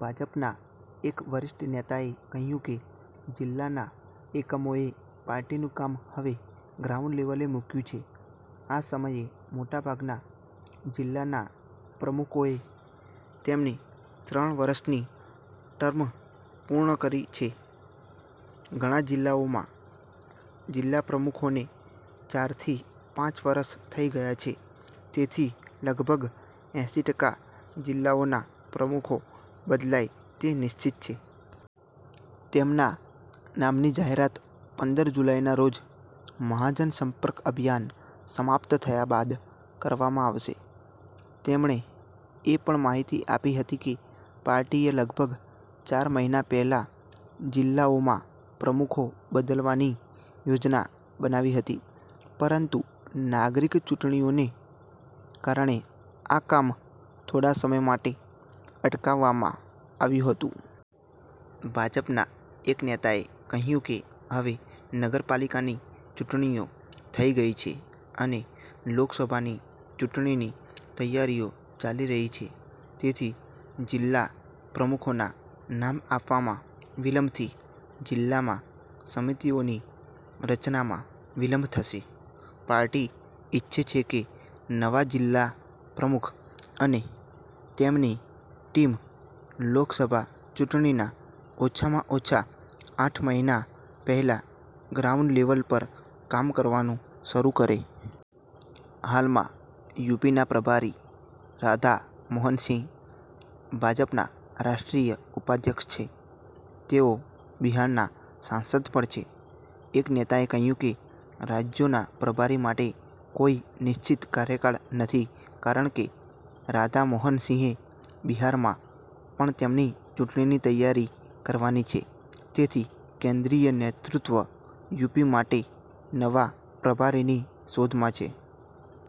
ભાજપના એક વરિષ્ઠ નેતાએ કહ્યું કે, જિલ્લાના એકમોએ પાર્ટીનું કામ હવે ગ્રાઉન્ડ લેવલે મૂક્યું છે. આ સમયે મોટાભાગના જિલ્લાના પ્રમુખોએ તેમની ત્રણ વર્ષની ટર્મ પૂર્ણ કરી છે. ઘણા જિલ્લાઓમાં જિલ્લા પ્રમુખોને ચાર થી પાંચ વર્ષ થઈ ગયા છે, તેથી લગભગ એંસી ટકા જિલ્લાઓના પ્રમુખો બદલાય તે નિશ્ચિત છે. તેમના નામની જાહેરાત પંદર જુલાઈના રોજ 'મહાજન સંપર્ક અભિયાન' સમાપ્ત થયા બાદ કરવામાં આવશે. તેમણે એ પણ માહિતી આપી હતી કે, પાર્ટીએ લગભગ ચાર મહિના પહેલા જિલ્લાઓમાં પ્રમુખો બદલવાની યોજના બનાવી હતી, પરંતુ નાગરિક ચૂંટણીઓને કારણે, આ કામ થોડા સમય માટે અટકાવવામાં આવ્યું હતું. ભાજપના એક નેતાએ કહ્યું કે, હવે નગરપાલિકાની ચૂંટણીઓ થઈ ગઈ છે અને લોકસભાની ચૂંટણીની તૈયારીઓ ચાલી રહી છે, તેથી જિલ્લા પ્રમુખોના નામ આપવામાં વિલંબથી જિલ્લામાં સમિતિઓની રચનામાં વિલંબ થશે. પાર્ટી ઈચ્છે છે કે, નવા જિલ્લા પ્રમુખ અને તેમની ટીમ લોકસભા ચૂંટણીના ઓછામાં ઓછા આઠ મહિના પહેલા ગ્રાઉન્ડ લેવલ પર કામ કરવાનું શરૂ કરે. હાલમાં યુપીના પ્રભારી રાધા મોહન સિંહ ભાજપના રાષ્ટ્રીય ઉપાધ્યક્ષ છે. તેઓ બિહારના સાંસદ પણ છે. એક નેતાએ કહ્યું કે, રાજ્યોના પ્રભારી માટે કોઈ નિશ્ચિત કાર્યકાળ નથી કારણ કે, રાધા મોહન સિંહે બિહારમાં પણ તેમની ચૂંટણીની તૈયારી કરવાની છે, તેથી કેન્દ્રીય નેતૃત્વ યુપી માટે નવા પ્રભારીની શોધમાં છે.